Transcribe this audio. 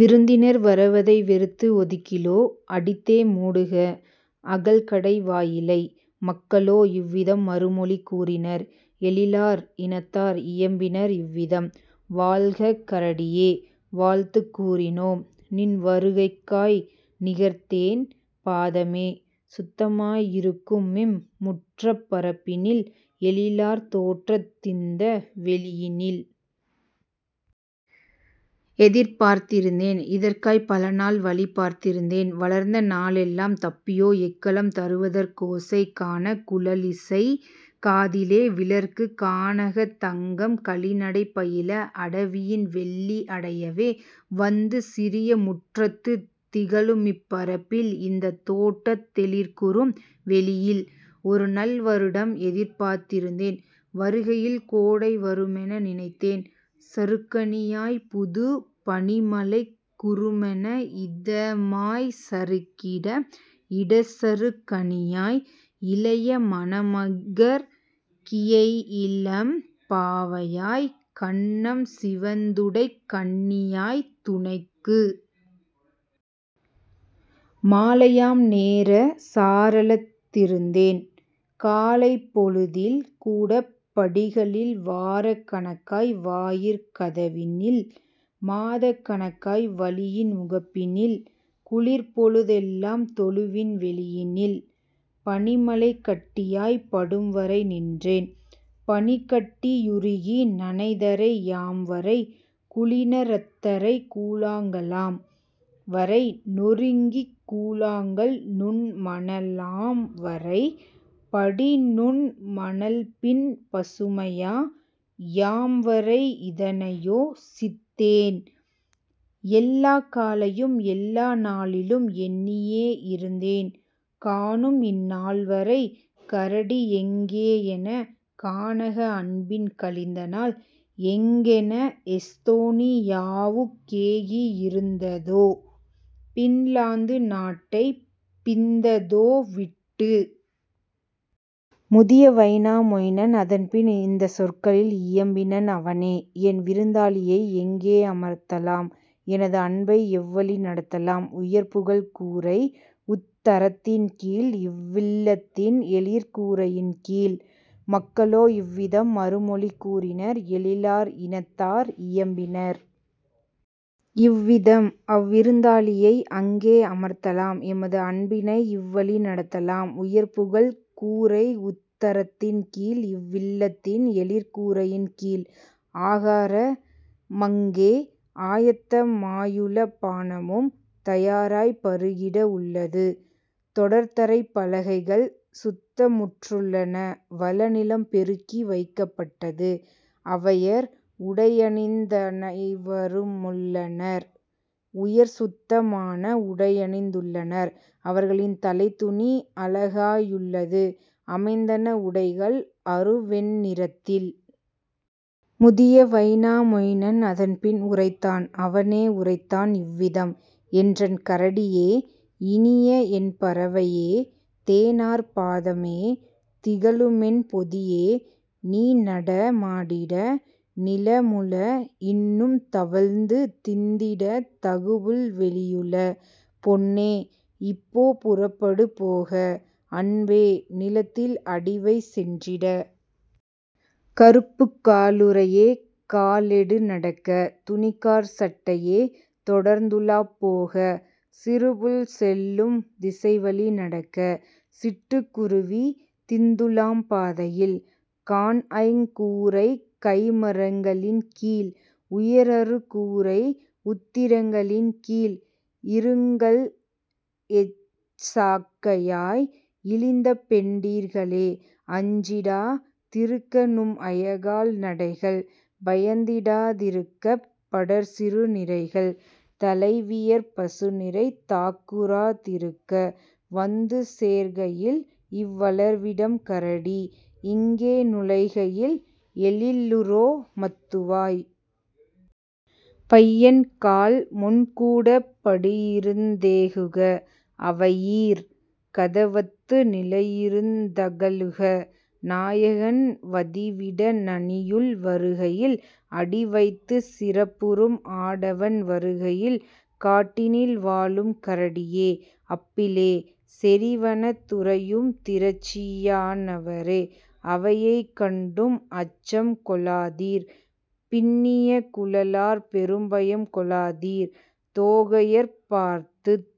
விருந்தினர் வரவதை வெறுத்து ஒதுக்கிலோ அடித்தே மூடுக அகல்கடை வாயிலை! " மக்களோ இவ்விதம் மறுமொழி கூறினர்। எழிலார் இனத்தார் இயம்பினர் இவ்விதம்: "வாழ்க கரடியே, வாழ்த்துக் கூறினோம்! நின்வரு கைக்காய், நிகர்தேன் பாதமே! சுத்தமா யிருக்குமிம் முற்றப் பரப்பினில் எழிலார் தோட்டத் திந்த வெளியினில்! எதிர்பார்த் திருந்தேன் இதற்காய்ப் பலநாள் வழிபார்த் திருந்தேன் வளர்ந்த நாளெலாம் தப்பியோ எக்களம் தருவதற் கோசை கானக் குழலிசைக் காதிலே விழற்கு கானகத் தங்கம் களிநடை பயில அடவியின் வெள்ளி அடையவே வந்து சிறியமுற் றத்துத் திகழுமிப் பரப்பில் இந்தத் தோட்டத் தெழிற்குறும் வெளியில். ஒருநல் வருடம் எதிர்ப்பார்த் திருந்தேன் வருகையில் கோடை வருமென நினைத்தேன் சறுக்கணி யாய்ப்புதுப் பனிமழைக் குறுமென இதமாய்ச் சறுக்கிட இடச்சறுக் கணியாய் இளைய மணமகற் கியையிளம் பாவையாய் கன்னம் சிவந்துடைக் கன்னியாய்த் துணைக்கு. மாலையாம் நேரம் சாரளத் திருந்தேன் காலைப் பொழுதில் கூடப் படிகளில் வாரக் கணக்காய் வாயிற் கதவினில் மாதக் கணக்காய் வழியின் முகப்பினில் குளிர்ப்பொழு தெல்லாம் தொழுவின் வெளியினில்; பனிமழை கட்டியாய்ப் படும்வரை நின்றேன் பனிக்கட்டி யுருகி நனைதரை யாம்வரை குளிண ரத்தரை கூழாங் கலாம் வரை நொருங்கிக்கூ ழாங்கல் நுண்மண லாம்வரை படிநுண் மணல்பின் பசுமையா யாம்வரை; இதனையோ சித்தேன் எல்லாக் காலையும் எல்லா நாளிலும் எண்ணியே இருந்தேன் காணும்இந் நாள்வரை கரடியெங் கேயென கானக அன்பின் கழிந்தநாள் எங்கென எஸ்தோனி யாவுக் கேகி யிருந்ததோ பின்லாந்து நாட்டை பிந்ததோ விட்டு! " முதிய வைனா மொயினன் அதன்பின் இந்தச் சொற்களில் இயம்பினன் அவனே: "என்விருந் தாளியை எங்கே அமர்த்தலாம் எனது அன்பை எவ்வழி நடத்தலாம் உயர்புகழ்க் கூரை உத்தரத் தின்கீழ் இவ்வில் லத்தின் எழிற்கூ ரையின்கீழ்? " மக்களோ இவ்விதம் மறுமொழி கூறினர் எழிலார் இனத்தார் இயம்பினர் இவ்விதம்: "அவ்விருந் தாளியை அங்கே அமர்த்தலாம் எமது அன்பினை இவ்வழி நடத்தலாம் உயர்புகழ்ப் கூரை உத்தரத் தின்கீழ் இவ்வில் லத்தின் எழிற்கூ ரையின்கீழ்; ஆகார மங்கே ஆயத்த மாயுள பானமும் தயாராய்ப் பருகிட உள்ளது தொடர்தரைப் பலகைகள் சுத்தமுற் றுள்ளன வளநிலம் பெருக்கி வைக்கப் பட்டது, அவையர் உடையணிந் தனைவரு முள்ளனர் உயர்சுத்த மான உடையணிந் துள்ளனர், அவர்களின் தலைத்துணி அழகா யுள்ளது அமைந்தன உடைகள் அருவெண் ணிறத்தில். " முதிய வைனா மொயினன் அதன்பின் உரைத்தான் அவனே உரைத்தான் இவ்விதம்: "என்றன் கரடியே, இனியஎன் பறவையே! தேனார் பாதமே, திகழுமென் பொதியே! நீநட மாடிட நிலமுள இன்னும் தவழ்ந்து திந்திட தகுபுல் வெளியுள. பொன்னே, இப்போ புறப்படு போக! அன்பே, நிலத்தில் அடிவை சென்றிட! கறுப்புக்கா லுறையே, காலெடு நடக்க! துணிக்காற் சட்டையே, தொடர்ந்துலாப் போக! சிறுபுள் செல்லும் திசைவழி நடக்க! சிட்டுக் குருவி திந்துலாம் பாதையில், காண்ஐங் கூரைக் கைமரங் களின்கீழ், உயர்அறு கூரை உத்திரங் களின்கீழ். இருங்கள்எச் சாக்கையாய் இழிந்தபெண் டிர்களே அஞ்சிடா திருக்கநும் அயகால் நடைகள் பயந்திடா திருக்கப் படர்சிறு நிரைகள் தலைவியர் பசுநிரை தாக்குறா திருக்க வந்துசேர் கையில்இவ் வளர்விடம் கரடி இங்கே நுழைகையில் எழிலுரோ மத்துவாய். பையன்காள், முன்கூடப் படியிருந் தேகுக! அவையீர், கதவத்து நிலையிருந் தகலுக! நாயகன் வதிவிட நனியுள் வருகையில் அடிவைத்துச் சிறப்புறும் ஆடவன் வருகையில்! காட்டினில் வாழும் கரடியே, அப்பிளே! செறிவனத் துறையும் திரட்சியா னவரே! அவையைக் கண்டும் அச்சம் கொளாதீர் பின்னிய குழலார்ப் பெரும்பயம் கொளாதீர் தோகையர்ப் பார்த்துத்